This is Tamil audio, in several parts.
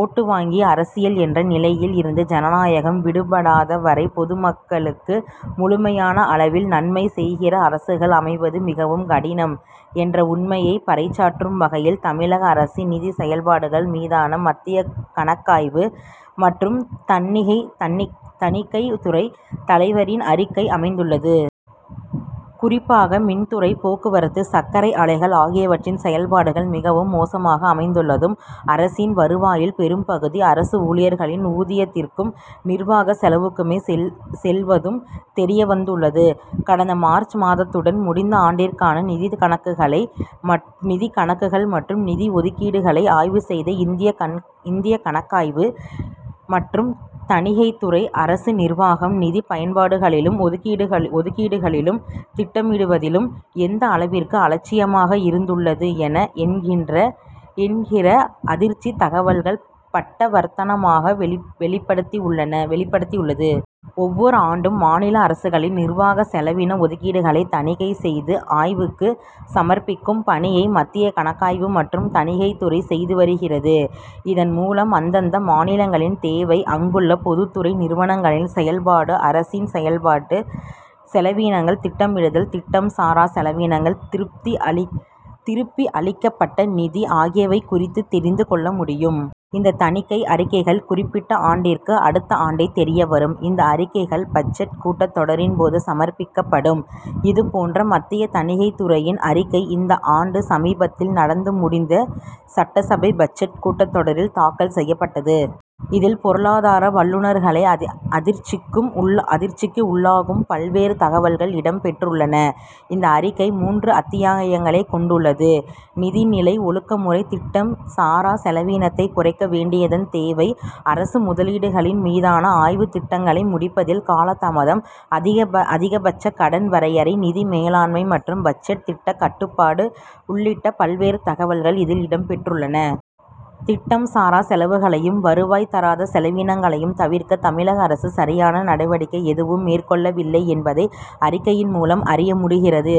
ஓட்டு வாங்கி அரசியல் என்ற நிலையில் இருந்து ஜனநாயகம் விடுபடாத வரை பொதுமக்களுக்கு முழுமையான அளவில் நன்மை செய்கிற அரசுகள் அமைவது மிகவும் கடினம் என்ற உண்மையை பறைசாற்றும் வகையில் தமிழக அரசின் நிதி செயல்பாடுகள் மீதான மத்திய கணக்காய்வு மற்றும் தணி தனி தணிக்கைத் துறை தலைவரின் அறிக்கை அமைந் துள்ளது. குறிப்பாக, மின்துறை, போக்குவரத்து, சர்க்கரை ஆலைகள் ஆகியவற்றின் செயல்பாடுகள் மிகவும் மோசமாக அமைந்துள்ளதும் அரசின் வருவாயில் பெரும்பகுதி அரசு ஊழியர்களின் ஊதியத்திற்கும் நிர்வாக செலவுகளுக்குமே செல்வதும் தெரியவந்துள்ளது. கடந்த மார்ச் மாதத்துடன் முடிந்த ஆண்டிற்கான நிதிக்கணக்களை கணக்குகள் மற்றும் நிதி ஒதுக்கீடுகளை ஆய்வு செய்த இந்திய கணக் கணக்காய்வு மற்றும் தணிகைத்துறை, அரசு நிர்வாகம், நிதி பயன்பாடுகளிலும், ஒதுக்கீடுகளிலும் திட்டமிடுவதிலும் எந்தளவிற்கு அலட்சியமாக இருந்துள்ளது என என்கின்ற என்கிற அதிர்ச்சி தகவல்களை பட்டவர்த்தனமாக வெளி வெளிபடுத்தியுள்ளன வெளிப்படுத்தியுள்ளது. ஒவ்வொரு ஆண்டும் மாநில அரசுகளின் நிர்வாக செலவின ஒதுக்கீடுகளை தணிக்கை செய்து ஆய்வுக்கு சமர்ப்பிக்கும் பணியை மத்திய கணக்காய்வு மற்றும் தணிக்கைத்துறை செய்து வருகிறது. இதன் மூலம் அந்தந்த மாநிலங்களின் தேவை, அங்குள்ள பொதுத் துறை நிறுவனங்களின் செயல் பாடு, அரசின் செயல்பாட்டு, செலவீனங்கள், திட்டமிடுதல், திட்டம் சாரா செலவினங்கள், திருப்தி அளி திருப்பியளிக்கப்பட்ட நிதி ஆகியவை குறித்து தெரிந்து கொள்ள முடியும். இந்த தணிக்கை அறிக்கைகள் குறிப்பிட்ட ஆண்டிற்கு அடுத்த ஆண்டே தெரிய வரும். இந்த அறிக்கைகள் பட்ஜெட் கூட்டத் தொடரின் போது சமர்ப்பிக்கப் படும். இது போன்ற மத்திய தணிக்கைத் துறையின் அறிக்கை இந்த ஆண்டு, சமீபத்தில் நடந்து முடிந்த சட்டசபை பட்ஜெட் கூட்டத் தொடரில் தாக்கல் செய்யப்பட்டது. இதில் பொருளாதார வல்லுனர்களை அதி அதிர்ச்சிக்கும் உள் அதிர்ச்சிக்கு உள்ளாக்கும் பல்வேறு தகவல்கள் இடம் பெற்றுள்ளன. இந்த அறிக்கை மூன்று அத்தியாயங்களை கொண் டுள்ளது. நிதி நிலை ஒழுக்க முறை திட்டம் சாரா செலவினத்தை குறைக்க வேண்டியதன் தேவை அரசு முதலீடுகளின் மீதான ஆய்வு திட்டங்களை முடிப்பதில் காலதாமதம் அதிகபட்ச கடன் வரையறை; நிதி மேலாண்மை மற்றும் பட்ஜெட் திட்ட கட்டுப்பாடு உள்ளிட்ட பல்வேறு தகவல்கள் இதில் இடம் பெற்றுள்ளன. திட்டம் சாரா செலவுகளையும், வருவாய் தராத செலவினங்களையும் தவிர்க்க தமிழக அரசு, சரியான நடவடிக்கை எதுவும் மேற் கொள்ளவில்லை என்பதை, அறிக்கையின் மூலம் அறிய முடிகிறது.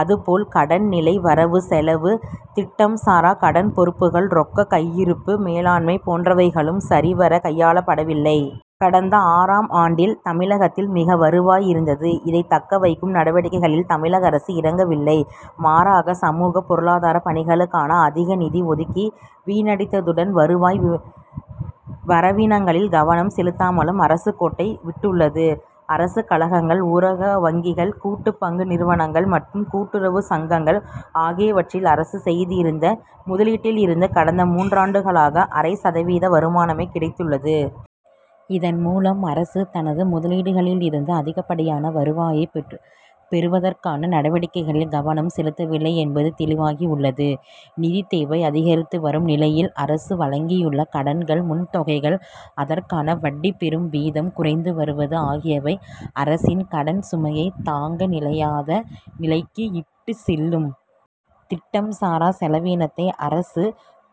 அது போல், கடன் நிலை வரவு செலவு திட்டம் சாரா கடன் பொறுப்புகள் ரொக்க கையிருப்பு மேலாண்மை போன்றவைகளும் சரி வர கையாளப்படவில்லை. கடந்த ஆறாம் ஆண்டில், தமிழகத்தில் மிக வருவாய் இருந்தது. இதை தக்க வைக்கும் நடவடிக்கைகளில் தமிழக அரசு இறங்கவில்லை. மாறாக, சமூக, பொருளாதாரப் பணிகளுக்காக அதிக நிதி ஒதுக்கி வீணடித்ததுடன், வருவாய் வரவினங்களில் கவனம் செலுத்தாமலும் அரசு கோட்டை விட்டுள்ளது. அரசு கழகங்கள் ஊரக வங்கிகள் கூட்டு பங்கு நிறுவனங்கள் மற்றும் கூட்டுறவு சங்கங்கள் ஆகியவற்றில் அரசு செய்திருந்த முதலீட்டிலிருந்து கடந்த மூன்றாண்டுகளாக அரை சதவீத வருமானமே கிடைத்துள்ளது. இதன் மூலம் அரசு, தனது முதலீடுகளில் இருந்து அதிகப்படியான வருவாயை பெற்று பெறுவதற்கான நடவடிக்கைகளில் கவனம் செலுத்தவில்லை என்பது தெளிவாகியுள்ளது. நிதித் தேவை அதிகரித்து வரும் நிலையில் அரசு வழங்கியுள்ள கடன்கள் முன் தொகைகள், அதற்கான வட்டி பெறும் வீதம் குறைந்து வருவது ஆகியவை அரசின் கடன் சுமையை தாங்க நிலையாத நிலைக்கு இட்டு செல்லும். திட்டம் சாரா செலவினத்தை அரசு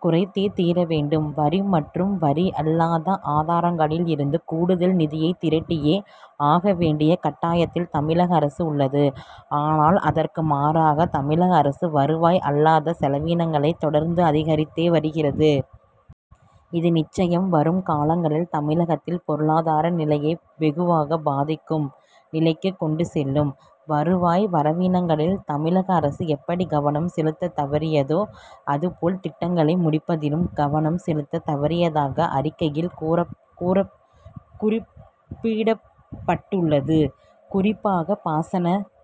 குறைத்தே தீர வேண்டும் வரி மற்றும் வரியல்லாத ஆதாரங் களில் இருந்து கூடுதல் நிதியை திரட்டியே ஆக வேண்டிய கட்டாயத்தில் தமிழக அரசு உள்ளது. ஆனால், அதற்கு மாறாக தமிழக அரசு வருவாய் அல்லாத செலவினங்களை தொடர்ந்து அதிகரித்தே வருகிறது. இது நிச்சயம் வரும் காலங்களில் தமிழகத்தின் பொருளாதார நிலையை வெகுவாக பாதிக்கும் நிலைக்கு கொண்டு செல்லும். வருவாய் வரவினங்களில் தமிழக அரசு எப்படி கவனம் செலுத்த தவறியதோ அதுபோல் திட்டங்களை முடிப்பதிலும் கவனம் செலுத்த தவறியதாக அறிக்கையில் கூறப் கூறப் குறிப்பிடப்பட் டுள்ளது. குறிப்பாக பாசன